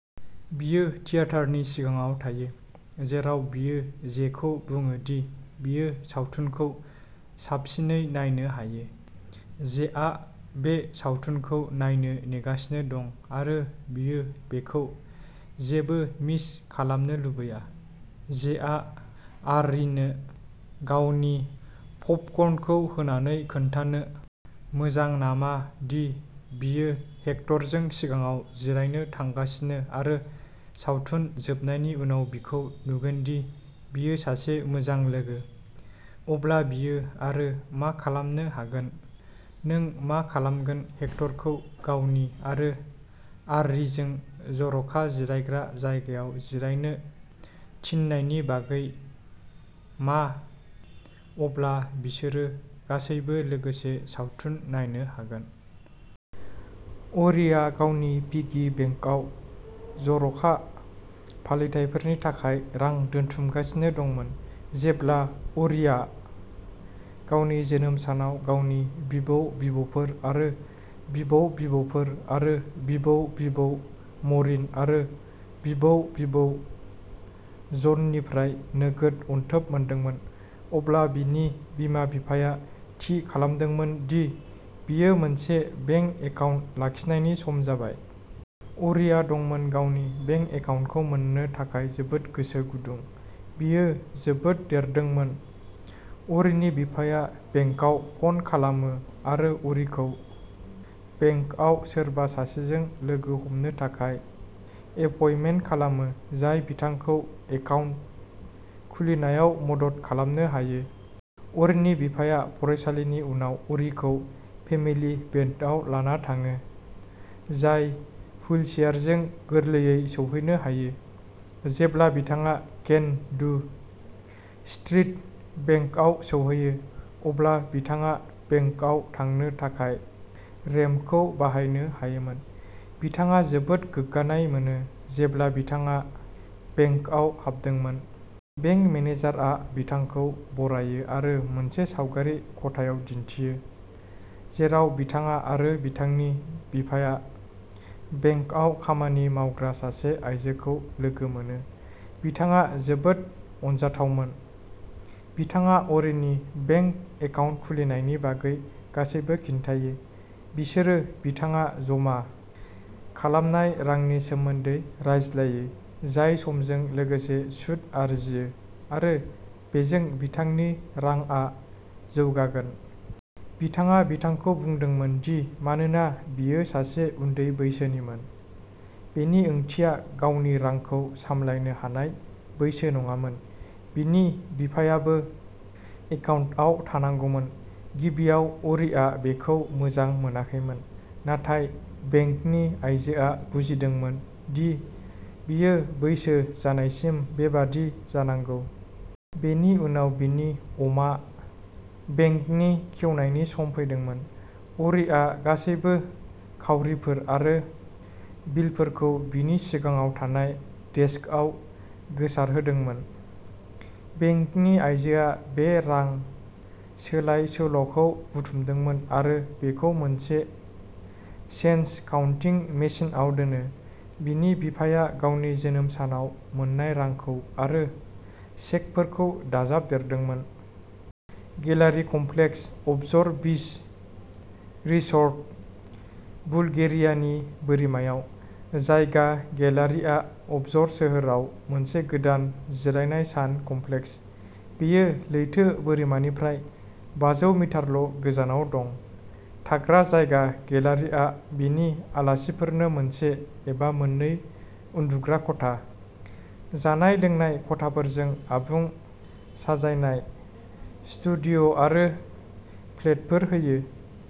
बियो थियेटारनि सिगाङाव थायो, जेराव बियो जेखौ बुङो दि बियो सावथुनखौ साबसिनै नायनो हायो। जेआ बे सावथुनखौ नायनो नेगासिनो दं आरो बियो बेखौ जेबो मिस खालामनो लुबैया। जेआ अर्रीनो गावनि पपकर्नखौ होनानै खोन्थानो मोजां नामा दि बियो हेक्टरजों सिगाङाव जिरायनो थांगासिनो आरो सावथुन जोबनायनि उनाव बिखौ नुगोन जुदि बियो सासे मोजां लोगो, अब्ला बियो आरो मा खालामनो हागोन नों मा खालामगोन हेक्टरखौ गावनि आरो अर्रीजों जर'खा जिरायग्रा जायगायाव जिरायनो थिननायनि बागै मा अब्ला बिसोरो गासैबो लोगोसे सावथुन नायनो हागोन। अर्रीया गावनि पिगी बेंकआव जर'खा फालिथायफोरनि थाखाय रां दोनथुमगासिनो दंमोन। जेब्ला अर्रीया गावनि जोनोम सानाव गावनि बिबौ-बिबौफोर आरो बिबौ-बिबौफोर आरो बिबौ-बिबौ म'रिन आरो बिबौ-बिबौ जननिफ्राय नोगोद अनथोब मोनदोंमोन, अब्ला बिनि बिमा-बिफाया थि खालामदोंमोन दि बियो मोनसे बेंक एकाउन्ट लाखिनायनि सम जाबाय। अर्रीआ दंमोन गावनि बेंक एकाउन्टखौ मोन्नो थाखाय जोबोद गोसो गुदुं। बियो जोबोद देरदों मोन। अ'रीनि बिफाया बेंकाव फन खालामो आरो अ'रीखौ बेंकआव सोरबा सासेजों लोगो हमनो थाखाय एपइन्टमेन्ट खालामो, जाय बिथांखौ एकाउन्ट खुलिनायाव मदद खालामनो हायो। अ'रीनि बिफाया फरायसालिनि उनाव अ'रीखौ फेमिली भेनआव लाना थाङो, जाय हुइलचेयारजों गोरलैयै सौहैनो हायो। जेब्ला बिथाङा केन डु स्ट्रीट बेंकआव सौहैयो, अब्ला बिथाङा बेंकआव थांनो थाखाय रेम्पखौ बाहायनो हायोमोन। बिथाङा जोबोद गोग्गानाय मोनो जेब्ला बिथाङा बेंकआव हाबदोंमोन। बेंक मेनेजारआ बिथांखौ बरायो आरो मोनसे सावगारि खथायाव दिन्थियो, जेराव बिथाङा आरो बिथांनि बिफाया बेंकआव खामानि मावग्रा सासे आइजोखौ लोगो मोनो। बिथाङा जोबोद अनजाथावमोन। बिथाङा अ'रीनि बेंक एकाउन्ट खुलिनायनि बागै गासैबो खिन्थायो। बिसोरो बिथाङा जमा खालामनाय रांनि सोमोन्दै रायज्लायो, जाय समजों लोगोसे सुद आरजियो आरो बेजों बिथांनि रांआ जौगागोन। बिथाङा बिथांखौ बुंदोंमोन दि मानोना बियो सासे उन्दै बैसोनिमोन, बे ओंथिया गावनि रांखौ सामलायनो हानाय बैसो नङामोन बिनि बिफायाबो एकाउन्टआव थानांगौमोन। गिबियाव अ'रिआ बेखौ मोजां मोनाखैमोन, नाथाय बेंकनि आइजोआ बुजिमोदोंमोन दि बियो बैसो जानायसिम बेबायदि जानांगौ। बेनि उनाव बिनि अमा बेंकखौ खेवनायनि सम फैदोंमोन। अ'रिआ गासैबो खाउरिफोर आरो बिलफोरखौ बिनि सिगाङाव थानाय डेस्कआव गोसारहोदोंमोन। बेंकनि आइजोआ बे रां सोलायसोल'खौ बुथुमदोंमोन आरो बेखौ मोनसे चेन्ज काउन्टिं मेसिनआव दोनो। बिनि बिफाया गावनि जोनोम सानाव मोन्नाय रांखौ आरो चेकफोरखौ दाजाबदेरदोंमोन। गेलारि कमप्लेक्स, अबजर बीच रिसर्ट, बुलगेरियानि बोरिमायाव। जायगा गेलारिआ अबजर सोहोराव मोनसे गोदान जिरायनाय सान कमप्लेक्स। बेयो लैथो बोरिमानिफ्राय बाजौ मिटारल' गोजानाव दं। थाग्रा जायगा गेलारिआ बिनि आलासिफोरनो मोनसे एबा मोननै उन्दुग्रा खथा, जानाय-लोंनाय खथाफोरजों आबुं साजायनाय स्टुडिय'आरो फ्लेटफोर होयो।